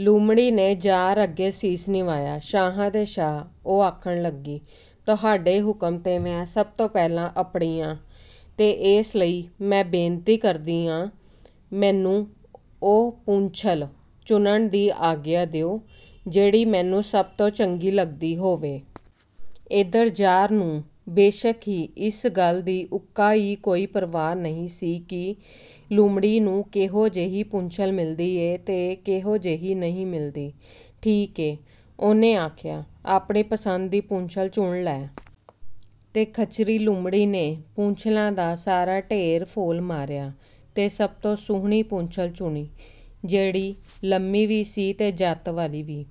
ਲੂੰਮੜੀ ਨੇ ਜ਼ਾਰ ਅੱਗੇ ਸੀਸ ਨਿਵਾਇਆ। "ਸ਼ਾਹਾਂ ਦੇ ਸ਼ਾਹ!" ਉਹ ਆਖਣ ਲੱਗੀ। "ਤੁਹਾਡੇ ਹੁਕਮ 'ਤੇ ਮੈਂ ਸਭ ਤੋਂ ਪਹਿਲਾਂ ਅੱਪੜੀ ਆਂ, ਤੇ ਏਸ ਲਈ ਮੈਂ ਬੇਨਤੀ ਕਰਦੀ ਆਂ, ਮੈਨੂੰ ਉਹ ਪੂਛਲ ਚੁਣਨ ਦੀ ਆਗਿਆ ਦਿਓ, ਜਿਹੜੀ ਮੈਨੂੰ ਸਭ ਤੋਂ ਚੰਗੀ ਲੱਗਦੀ ਹੋਵੇ।" ਏਧਰ ਜ਼ਾਰ ਨੂੰ, ਬੇਸ਼ੱਕ ਹੀ, ਇਸ ਗੱਲ ਦੀ ਉੱਕਾ ਕੋਈ ਪਰਵਾਹ ਨਹੀਂ ਸੀ ਕਿ ਲੂੰਮੜੀ ਨੂੰ ਕਿਹੋ ਜਿਹੀ ਪੂਛਲ ਮਿਲਦੀ ਏ ਤੇ ਕਿਹੋ ਜਿਹੀ ਨਹੀਂ ਮਿਲਦੀ। "ਠੀਕ ਏ," ਉਹਨੇ ਆਖਿਆ, "ਆਪਣੀ ਪਸੰਦ ਦੀ ਪੂਛਲ ਚੁਣ ਲੈ।" ਤੇ ਖਚਰੀ ਲੂੰਮੜੀ ਨੇ ਪੂਛਲਾਂ ਦਾ ਸਾਰਾ ਢੇਰ ਫੋਲ ਮਾਰਿਆ ਤੇ ਸਭ ਤੋਂ ਸੁਹਣੀ ਪੂਛਲ ਚੁਣੀ, ਜਿਹੜੀ ਲੰਮੀ ਵੀ ਸੀ ਤੇ ਜਤ ਵਾਲੀ ਵੀ।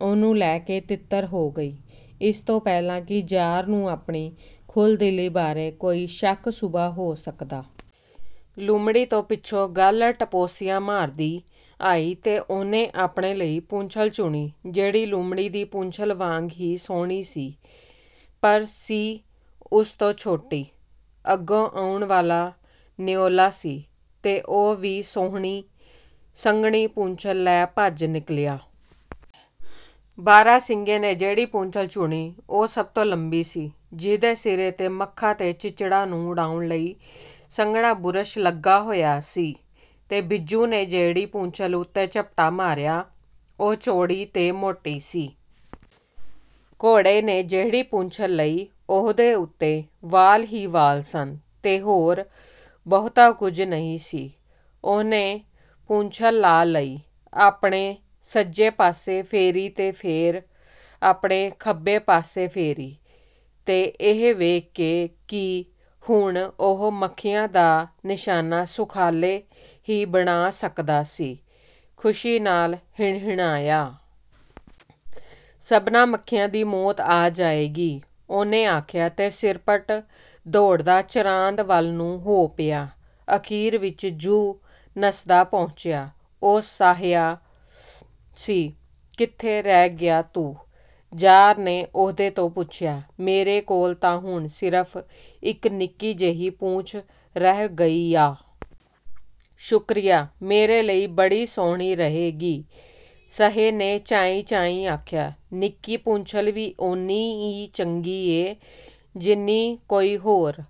ਉਹਨੂੰ ਲੈ ਕੇ ਤਿੱਤਰ ਹੋ ਗਈ, ਇਸ ਤੋਂ ਪਹਿਲਾਂ ਕਿ ਜ਼ਾਰ ਨੂੰ ਆਪਣੀ ਖੁੱਲ੍ਹਦਿਲੀ ਬਾਰੇ ਕੋਈ ਸ਼ੱਕ-ਸ਼ੁਬ੍ਹਾ ਹੋ ਸਕਦਾ। ਲੂੰਮੜੀ ਤੋਂ ਪਿੱਛੋਂ ਗਾਲੜ੍ਹ ਟਪੋਸੀਆਂ ਮਾਰਦੀ ਆਈ ਤੇ ਉਹਨੇ ਆਪਣੇ ਲਈ ਪੂਛਲ ਚੁਣੀ, ਜਿਹੜੀ ਲੂੰਮੜੀ ਦੀ ਪੂਛਲ ਵਾਂਗ ਹੀ ਸੁਹਣੀ ਸੀ, ਪਰ ਸੀ ਉਸ ਤੋਂ ਛੋਟੀ। ਅੱਗੋਂ ਆਉਣ ਵਾਲਾ ਨਿਉਲਾ ਸੀ, ਤੇ ਉਹ ਵੀ ਸੁਹਣੀ, ਸੰਘਣੀ ਪੂਛਲ ਲੈ ਭੱਜ ਨਿਕਲਿਆ। ਬਾਰਾ-ਸਿੰਙੇ ਨੇ ਜਿਹੜੀ ਪੂਛਲ ਚੁਣੀ, ਉਹ ਸਭ ਤੋਂ ਲੰਮੀ ਸੀ, ਜਿਹਦੇ ਸਿਰੇ 'ਤੇ ਮੱਖਾਂ ਤੇ ਚਿੱਚੜਾਂ ਨੂੰ ਉਡਾਉਣ ਲਈ ਸੰਘਣਾ ਬੁਰਸ਼ ਲੱਗਾ ਹੋਇਆ ਸੀ। ਤੇ ਬਿੱਜੂ ਨੇ ਜਿਹੜੀ ਪੂਛਲ ਉੱਤੇ ਝਪਟਾ ਮਾਰਿਆ, ਉਹ ਚੌੜੀ ਤੇ ਮੋਟੀ ਸੀ। ਘੋੜੇ ਨੇ ਜਿਹੜੀ ਪੂਛਲ ਲਈ, ਉਹਦੇ ਉੱਤੇ ਵਾਲ ਹੀ ਵਾਲ ਸਨ ਤੇ ਹੋਰ ਬਹੁਤਾ ਕੁਝ ਨਹੀਂ ਸੀ। ਉਹਨੇ ਪੂਛਲ ਲਾ ਲਈ, ਆਪਣੇ ਸੱਜੇ ਪਾਸੇ ਫੇਰੀ ਤੇ ਫੇਰ ਆਪਣੇ ਖੱਬੇ ਪਾਸੇ ਫੇਰੀ, ਤੇ ਇਹ ਵੇਖ ਕੇ ਕਿ ਹੁਣ ਉਹ ਮੱਖੀਆਂ ਦਾ ਨਿਸ਼ਾਨਾ ਸੁਖਾਲੇ ਹੀ ਬਣਾ ਸਕਦਾ ਸੀ, ਖੁਸ਼ੀ ਨਾਲ ਹਿਣਹਿਣਾਇਆ। "ਸਭਨਾਂ ਮੱਖੀਆਂ ਦੀ ਮੌਤ ਆ ਜਾਏਗੀ," ਉਹਨੇ ਆਖਿਆ ਤੇ ਸਿਰਪਟ ਦੌੜਦਾ ਚਰਾਂਦ ਵੱਲ ਨੂੰ ਹੋ ਪਿਆ। ਅਖ਼ੀਰ ਵਿੱਚ ਜੁ ਨੱਸਦਾ ਪਹੁੰਚਿਆ, ਉਹ ਸਹਿਆ ਸੀ।"ਕਿੱਥੇ ਰਹਿ ਗਿਆ ਤੂੰ?" ਜ਼ਾਰ ਨੇ ਉਹਦੇ ਤੋਂ ਪੁੱਛਿਆ। "ਮੇਰੇ ਕੋਲ ਤਾਂ ਹੁਣ ਸਿਰਫ਼ ਇੱਕ ਨਿੱਕੀ ਜਿਹੀ ਪੂਛਲ ਰਹਿ ਗਈ ਆ।" "ਸ਼ੁਕਰੀਆ, ਮੇਰੇ ਲਈ ਬੜੀ ਸੁਹਣੀ ਰਹੇਗੀ," ਸਹੇ ਨੇ ਚਾਈਂ-ਚਾਈਂ ਆਖਿਆ। "ਨਿੱਕੀ ਪੂਛਲ ਵੀ ਓਨੀ ਈ ਚੰਗੀ ਏ, ਜਿੰਨੀ ਕੋਈ ਹੋਰ।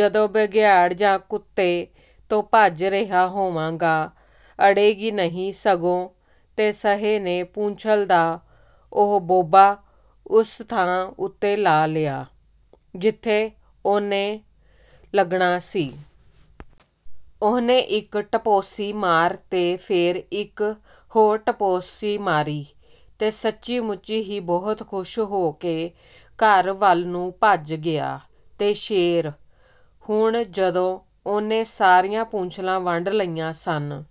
ਜਦੋਂ ਬਘਿਆੜ ਜਾਂ ਕੁੱਤੇ ਤੋਂ ਭੱਜ ਰਿਹਾ ਹੋਵਾਂਗਾ, ਅੜੇਗੀ ਨਹੀਂ ਸਗੋਂ!" ਤੇ ਸਹੇ ਨੇ ਪੂਛਲ ਦਾ ਉਹ ਬੋਬਾ ਉਸ ਥਾਂ ਉੱਤੇ ਲਾ ਲਿਆ, ਜਿੱਥੇ ਉਹਨੇ ਲੱਗਣਾ ਸੀ। ਉਹਨੇ ਇੱਕ ਟਪੋਸੀ ਮਾਰੀ ਤੇ ਫੇਰ ਇੱਕ ਹੋਰ ਟਪੋਸੀ ਮਾਰੀ, ਤੇ ਸੱਚੀ-ਮੁੱਚੀ ਹੀ ਬਹੁਤ ਖੁਸ਼ ਹੋ ਕੇ ਘਰ ਵੱਲ ਨੂੰ ਭੱਜ ਗਿਆ। ਤੇ ਸ਼ੇਰ, ਹੁਣ ਜਦੋਂ ਉਹਨੇ ਸਾਰੀਆਂ ਪੂਛਲਾਂ ਵੰਡ ਲਈਆਂ ਸਨ